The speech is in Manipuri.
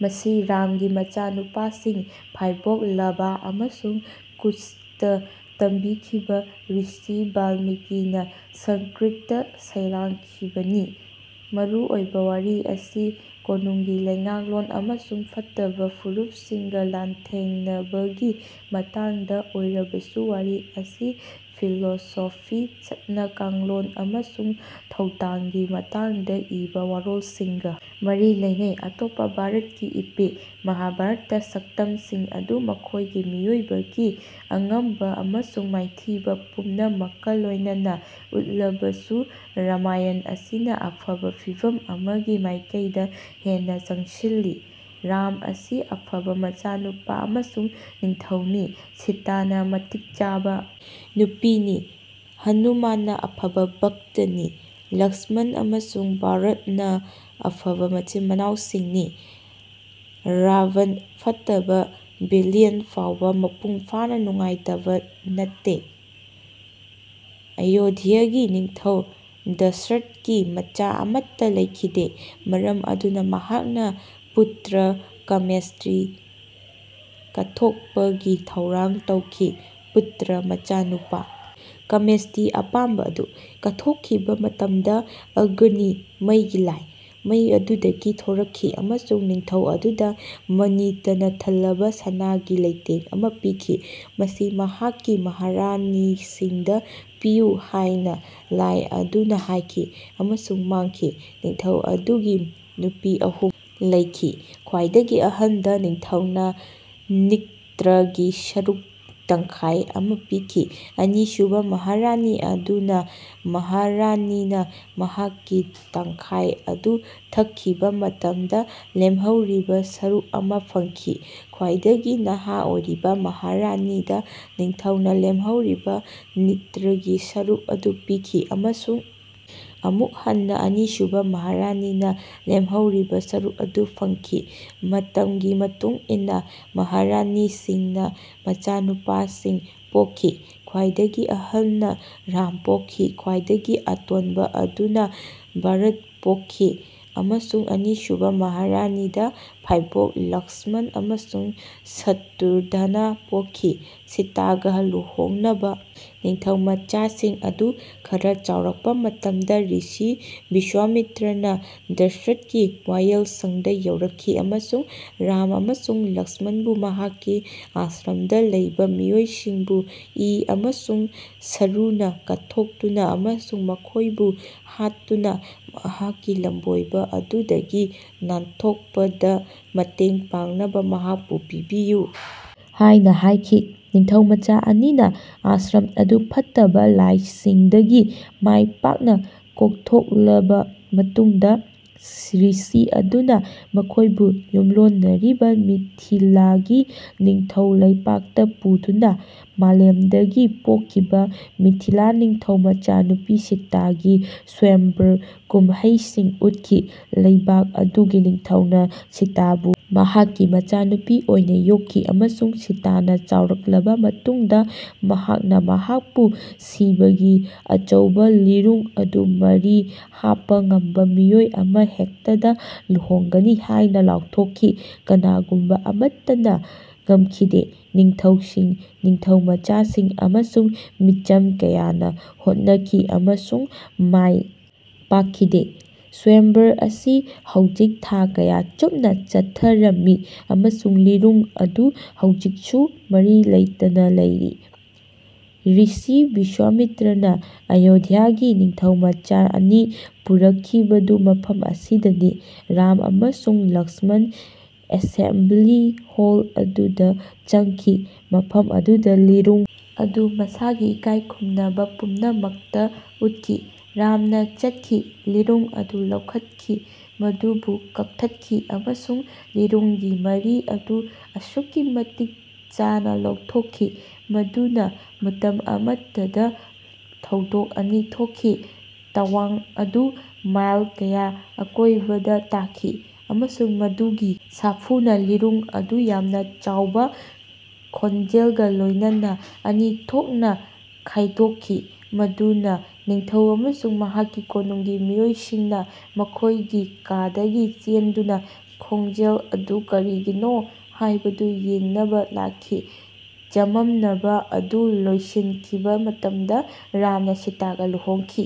ꯃꯁꯤ ꯔꯥꯝꯒꯤ ꯃꯆꯥꯅꯨꯄꯥꯁꯤꯡ, ꯐꯥꯏꯕꯣꯛ ꯂꯥꯚꯥ ꯑꯃꯁꯨꯡ ꯀꯨꯁꯇ ꯇꯝꯕꯤꯈꯤꯕ ꯔꯤꯁꯤ ꯕꯥꯜꯃꯤꯀꯤꯅ ꯁꯪꯀ꯭ꯔꯤꯠꯇ ꯁꯩꯔꯥꯡꯈꯤꯕꯅꯤ꯫ ꯃꯔꯨꯑꯣꯏꯕ ꯋꯥꯔꯤ ꯑꯁꯤ ꯀꯣꯅꯨꯡꯒꯤ ꯂꯩꯉꯥꯛꯂꯣꯟ ꯑꯃꯁꯨꯡ ꯐꯠꯇꯕ ꯐꯨꯔꯨꯞꯁꯤꯡꯒ ꯂꯥꯟꯊꯦꯡꯅꯕꯒꯤ ꯃꯇꯥꯡꯗ ꯑꯣꯏꯔꯕꯁꯨ ꯋꯥꯔꯤ ꯑꯁꯤ ꯐꯤꯂꯣꯁꯣꯐꯤ, ꯆꯠꯅ ꯀꯥꯡꯂꯣꯟ ꯑꯃꯁꯨꯡ ꯊꯧꯗꯥꯡꯒꯤ ꯃꯇꯥꯡꯗ ꯏꯕ ꯋꯥꯔꯣꯜꯁꯤꯡꯒ ꯃꯔꯤ ꯂꯩꯅꯩ꯫ ꯑꯇꯣꯞꯄ ꯚꯥꯔꯠꯀꯤ ꯏꯄꯤꯛ ꯃꯍꯥꯚꯥꯔꯠꯇ ꯁꯛꯇꯝꯁꯤꯡ ꯑꯗꯨ ꯃꯈꯣꯏꯒꯤ ꯃꯤꯑꯣꯏꯕꯒꯤ ꯑꯉꯝꯕ ꯑꯃꯁꯨꯡ ꯃꯥꯏꯊꯤꯕ ꯄꯨꯝꯅꯃꯛꯀ ꯂꯣꯏꯅꯅ ꯎꯠꯂꯕꯁꯨ ꯔꯥꯃꯥꯌꯟ ꯑꯁꯤꯅ ꯑꯐꯕ ꯐꯤꯚꯝ ꯑꯃꯒꯤ ꯃꯥꯏꯀꯩꯗ ꯍꯦꯟꯅ ꯆꯪꯁꯤꯜꯂꯤ꯫ ꯔꯥꯝ ꯑꯁꯤ ꯑꯐꯕ ꯃꯆꯥꯅꯨꯄꯥ ꯑꯃꯁꯨꯡ ꯅꯤꯡꯊꯧꯅꯤ, ꯁꯤꯇꯥꯅ ꯃꯇꯤꯛ ꯆꯥꯕ ꯅꯨꯄꯤꯅꯤ, ꯍꯅꯨꯃꯥꯟꯅ ꯑꯐꯕ ꯚꯛꯇꯅꯤ, ꯂꯛ꯭ꯁꯃꯟ ꯑꯃꯁꯨꯡ ꯚꯥꯔꯠꯅ ꯑꯐꯕ ꯃꯆꯤꯟ-ꯃꯅꯥꯎꯁꯤꯡꯅꯤ꯫ ꯔꯥꯕꯟ, ꯐꯠꯇꯕ ꯚꯤꯂꯤꯌꯟ ꯐꯥꯎꯕ ꯃꯄꯨꯡ ꯐꯥꯅ ꯅꯨꯡꯉꯥꯏꯇꯕ ꯅꯠꯇꯦ꯫ ꯑꯌꯣꯙ꯭ꯌꯥꯒꯤ ꯅꯤꯡꯊꯧ ꯗꯁꯔꯊꯀꯤ ꯃꯆꯥ ꯑꯃꯠꯇ ꯂꯩꯈꯤꯗꯦ꯫ ꯃꯔꯝ ꯑꯗꯨꯅ ꯃꯍꯥꯛꯅ ꯄꯨꯇ꯭ꯔ-ꯀꯃꯦꯁ꯭ꯇꯤ ꯀꯠꯊꯣꯛꯄꯒꯤ ꯊꯧꯔꯥꯡ ꯇꯧꯈꯤ (ꯄꯨꯇ꯭ꯔ ꯃꯆꯥꯅꯨꯄꯥ, ꯀꯃꯦꯁ꯭ꯇꯤ ꯑꯄꯥꯝꯕ ꯑꯗꯨ)꯫ ꯀꯠꯊꯣꯛꯈꯤꯕ ꯃꯇꯝꯗ, ꯑꯒꯅꯤ (ꯃꯩꯒꯤ ꯂꯥꯏ) ꯃꯩ ꯑꯗꯨꯗꯒꯤ ꯊꯣꯔꯛꯈꯤ ꯑꯃꯁꯨꯡ ꯅꯤꯡꯊꯧ ꯑꯗꯨꯗ ꯃꯅꯤꯇꯅ ꯊꯜꯂꯕ ꯁꯅꯥꯒꯤ ꯂꯩꯇꯦꯡ ꯑꯃ ꯄꯤꯈꯤ꯫ "ꯃꯁꯤ ꯅꯍꯥꯛꯀꯤ ꯃꯍꯥꯔꯥꯅꯤꯁꯤꯡꯗ ꯄꯤꯌꯨ"ꯍꯥꯏꯅ ꯂꯥꯏ ꯑꯗꯨꯅ ꯍꯥꯏꯈꯤ ꯑꯃꯁꯨꯡ ꯃꯥꯡꯈꯤ꯫ ꯅꯤꯡꯊꯧ ꯑꯗꯨꯒꯤ ꯅꯨꯄꯤ ꯑꯍꯨꯝ ꯂꯩꯈꯤ꯫ ꯈ꯭ꯋꯥꯏꯗꯒꯤ ꯑꯍꯜꯗ ꯅꯤꯡꯊꯧꯅ ꯅꯤꯛꯇꯥꯔꯒꯤ ꯁꯔꯨꯛ ꯇꯪꯈꯥꯏ ꯑꯃ ꯄꯤꯈꯤ ꯑꯅꯤꯁꯨꯕ ꯃꯍꯥꯔꯥꯅꯤ ꯑꯗꯨꯅ ꯃꯍꯥꯔꯥꯅꯤꯅ ꯃꯍꯥꯛꯀꯤ ꯇꯪꯈꯥꯏ ꯑꯗꯨ ꯊꯛꯈꯤꯕ ꯃꯇꯝꯗ ꯂꯦꯝꯍꯧꯔꯤꯕ ꯁꯔꯨꯛ ꯑꯃ ꯐꯪꯈꯤ꯫ ꯈ꯭ꯋꯥꯏꯗꯒꯤ ꯅꯍꯥ ꯑꯣꯏꯔꯤꯕ ꯃꯍꯥꯔꯥꯅꯤꯗ ꯅꯤꯡꯊꯧꯅ ꯂꯦꯝꯍꯧꯔꯤꯕ ꯅꯤꯛꯇ꯭ꯔꯥꯒꯤ ꯁꯔꯨꯛ ꯑꯗꯨ ꯄꯤꯈꯤ ꯑꯃꯁꯨꯡ ꯑꯃꯨꯛ ꯍꯟꯅ ꯑꯅꯤꯁꯨꯕ ꯃꯍꯥꯔꯥꯅꯤꯅ ꯂꯦꯝꯍꯧꯔꯤꯕ ꯁꯔꯨꯛ ꯑꯗꯨ ꯐꯪꯈꯤ꯫ ꯃꯇꯝꯒꯤ ꯃꯇꯨꯡ ꯏꯟꯅ ꯃꯍꯥꯔꯥꯅꯤꯁꯤꯡꯅ ꯃꯆꯥꯅꯨꯄꯥꯁꯤꯡ ꯄꯣꯛꯈꯤ꯫ ꯈ꯭ꯋꯥꯏꯗꯒꯤ ꯑꯍꯜꯅ ꯔꯥꯝ ꯄꯣꯛꯈꯤ, ꯈ꯭ꯋꯥꯏꯗꯒꯤ ꯑꯇꯣꯟꯕ ꯑꯗꯨꯅ ꯚꯥꯔꯠ ꯄꯣꯛꯈꯤ, ꯑꯃꯁꯨꯡ ꯑꯅꯤꯁꯨꯕ ꯃꯍꯥꯔꯥꯅꯤꯗ ꯐꯥꯏꯕꯣꯛ ꯂꯛ꯭ꯁꯃꯟ ꯑꯃꯁꯨꯡ ꯁꯇ꯭ꯔꯨꯘꯅ ꯄꯣꯛꯈꯤ꯫ ꯁꯤꯇꯥꯒ ꯂꯨꯍꯣꯡꯅꯕ ꯅꯤꯡꯊꯧꯃꯆꯥꯁꯤꯡ ꯑꯗꯨ ꯈꯔ ꯆꯥꯎꯔꯛꯄ ꯃꯇꯝꯗ ꯔꯤꯁꯤ ꯕꯤꯁ꯭ꯋꯥꯃꯤꯇ꯭ꯔꯅ ꯗꯁꯔꯊꯀꯤ ꯋꯥꯌꯦꯜꯁꯪꯗ ꯌꯧꯔꯛꯈꯤ ꯑꯃꯁꯨꯡ ꯔꯥꯝ ꯑꯃꯁꯨꯡ ꯂꯛ꯭ꯁꯃꯟꯕꯨ ꯃꯍꯥꯛꯀꯤ ꯑꯥꯁ꯭ꯔꯝꯗ ꯂꯩꯕ ꯃꯤꯑꯣꯏꯁꯤꯡꯕꯨ ꯏ ꯑꯃꯁꯨꯡ ꯁꯔꯨꯅ ꯀꯠꯊꯣꯛꯇꯨꯅ ꯑꯃꯁꯨꯡ ꯃꯈꯣꯏꯕꯨ ꯍꯥꯠꯇꯨꯅ ꯃꯍꯥꯛꯀꯤ ꯂꯝꯕꯣꯏꯕ ꯑꯗꯨꯗꯒꯤ ꯅꯥꯟꯊꯣꯛꯄꯗ ꯃꯇꯦꯡ ꯄꯥꯡꯅꯕ ꯃꯍꯥꯛꯄꯨ "ꯄꯤꯕꯤꯌꯨ" ꯍꯥꯏꯅ ꯍꯥꯏꯈꯤ꯫ ꯅꯤꯡꯊꯧꯃꯆꯥ ꯑꯅꯤꯅ ꯑꯥꯁ꯭ꯔꯝ ꯑꯗꯨ ꯐꯠꯇꯕ ꯂꯥꯏꯁꯤꯡꯗꯒꯤ ꯃꯥꯏ ꯄꯥꯛꯅ ꯀꯣꯛꯊꯣꯛꯂꯕ ꯃꯇꯨꯡꯗ ꯔꯤꯁꯤ ꯑꯗꯨꯅ ꯃꯈꯣꯏꯕꯨ ꯌꯨꯝꯂꯣꯟꯅꯔꯤꯕ ꯃꯤꯊꯤꯂꯥꯒꯤ ꯅꯤꯡꯊꯧ ꯂꯩꯕꯥꯛꯇ ꯄꯨꯗꯨꯅ ꯃꯥꯂꯦꯝꯗꯒꯤ ꯄꯣꯛꯈꯤꯕ ꯃꯤꯊꯤꯂꯥ ꯅꯤꯡꯊꯧ ꯃꯆꯥꯅꯨꯄꯤ ꯁꯤꯇꯥꯒꯤ ꯁ꯭ꯋꯥꯌꯝꯚꯔ ꯀꯨꯝꯍꯩꯁꯤꯡ ꯎꯠꯈꯤ꯫ ꯂꯩꯕꯥꯛ ꯑꯗꯨꯒꯤ ꯅꯤꯡꯊꯧꯅ ꯁꯤꯇꯥꯕꯨ ꯃꯍꯥꯛꯀꯤ ꯃꯆꯥꯅꯨꯄꯤ ꯑꯣꯏꯅ ꯌꯣꯛꯈꯤ ꯑꯃꯁꯨꯡ ꯁꯤꯇꯥꯅ ꯆꯥꯎꯔꯛꯂꯕ ꯃꯇꯨꯡꯗ ꯃꯍꯥꯛꯅ ꯃꯍꯥꯛꯄꯨ ꯁꯤꯕꯒꯤ ꯑꯆꯧꯕ ꯂꯤꯔꯨꯡ ꯑꯗꯨ ꯃꯔꯤ ꯍꯥꯞꯄ ꯉꯝꯕ ꯃꯤꯑꯣꯏ ꯑꯃꯍꯦꯛꯇꯗ ꯂꯨꯍꯣꯡꯒꯅꯤ ꯍꯥꯏꯅ ꯂꯥꯎꯊꯣꯛꯈꯤ꯫ ꯀꯅꯥꯒꯨꯝꯕ ꯑꯃꯠꯇꯅ ꯉꯝꯈꯤꯗꯦ꯫ ꯅꯤꯡꯊꯧꯁꯤꯡ, ꯅꯤꯡꯊꯧꯃꯆꯥꯁꯤꯡ ꯑꯃꯁꯨꯡ ꯃꯤꯆꯝ ꯀꯌꯥꯅ ꯍꯣꯠꯅꯈꯤ ꯑꯃꯁꯨꯡ ꯃꯥꯏ ꯄꯥꯛꯈꯤꯗꯦ꯫ ꯁ꯭ꯋꯥꯌꯝꯚꯔ ꯑꯁꯤ ꯍꯧꯖꯤꯛ ꯊꯥ ꯀꯌꯥ ꯆꯨꯞꯅ ꯆꯠꯊꯔꯝꯃꯤ ꯑꯃꯁꯨꯡ ꯂꯤꯔꯨꯡ ꯑꯗꯨ ꯍꯧꯖꯤꯛꯁꯨ ꯃꯔꯤ ꯂꯩꯇꯅ ꯂꯩꯔꯤ꯫ ꯔꯤꯁꯤ ꯕꯤꯁ꯭ꯋꯥꯃꯤꯇ꯭ꯔꯅ ꯑꯌꯣꯙ꯭ꯌꯥꯒꯤ ꯅꯤꯡꯊꯧꯃꯆꯥ ꯑꯅꯤ ꯄꯨꯔꯛꯈꯤꯕꯗꯨ ꯃꯐꯝ ꯑꯁꯤꯗꯅꯤ꯫ ꯔꯥꯝ ꯑꯃꯁꯨꯡ ꯂꯛ꯭ꯁꯃꯟ ꯑꯦꯁꯦꯝꯕ꯭ꯂꯤ ꯍꯣꯜ ꯑꯗꯨꯗ ꯆꯪꯈꯤ ꯃꯐꯝ ꯑꯗꯨꯗ ꯂꯤꯔꯨꯡ ꯑꯗꯨ ꯃꯁꯥꯒꯤ ꯏꯀꯥꯏꯈꯨꯝꯅꯕ ꯄꯨꯝꯅꯃꯛꯇ ꯎꯠꯈꯤ꯫ ꯔꯥꯝꯅ ꯆꯠꯈꯤ, ꯂꯤꯔꯨꯡ ꯑꯗꯨ ꯂꯧꯈꯠꯈꯤ, ꯃꯗꯨꯕꯨ ꯀꯛꯊꯠꯈꯤ, ꯑꯃꯁꯨꯡ ꯂꯤꯔꯨꯡꯒꯤ ꯃꯔꯤ ꯑꯗꯨ ꯑꯁꯨꯛꯀꯤ ꯃꯇꯤꯛ ꯆꯥꯅ ꯂꯧꯊꯣꯛꯈꯤ ꯃꯗꯨꯅ ꯃꯇꯝ ꯑꯃꯇꯗ ꯊꯧꯗꯣꯛ ꯑꯅꯤ ꯊꯣꯛꯈꯤ꯫ꯇꯋꯥꯡ ꯑꯗꯨ ꯃꯥꯏꯜ ꯀꯌꯥ ꯑꯀꯣꯏꯕꯗ ꯇꯥꯈꯤ, ꯑꯃꯁꯨꯡ ꯃꯗꯨꯒꯤ ꯁꯥꯐꯨꯅ ꯂꯤꯔꯨꯡ ꯑꯗꯨ ꯌꯥꯝꯅ ꯆꯥꯎꯕ ꯈꯣꯟꯖꯦꯜꯒ ꯂꯣꯏꯅꯅ ꯑꯅꯤ ꯊꯣꯛꯅ ꯈꯥꯏꯗꯣꯛꯈꯤ ꯃꯗꯨꯅ ꯅꯤꯡꯊꯧ ꯑꯃꯁꯨꯡ ꯃꯍꯥꯛꯀꯤ ꯀꯣꯅꯨꯡꯒꯤ ꯃꯤꯑꯣꯏꯁꯤꯡꯅ ꯃꯈꯣꯏꯒꯤ ꯀꯥꯗꯒꯤ ꯆꯦꯟꯗꯨꯅ ꯈꯣꯡꯖꯦꯜ ꯑꯗꯨ ꯀꯔꯤꯒꯤꯅꯣ ꯍꯥꯏꯕꯗꯨ ꯌꯦꯡꯅꯕ ꯂꯥꯛꯈꯤ꯫ ꯆꯃꯝꯅꯕ ꯑꯗꯨ ꯂꯣꯏꯁꯤꯟꯈꯤꯕ ꯃꯇꯝꯗ ꯔꯥꯝꯅ ꯁꯤꯇꯥꯒ ꯂꯨꯍꯣꯡꯈꯤ꯫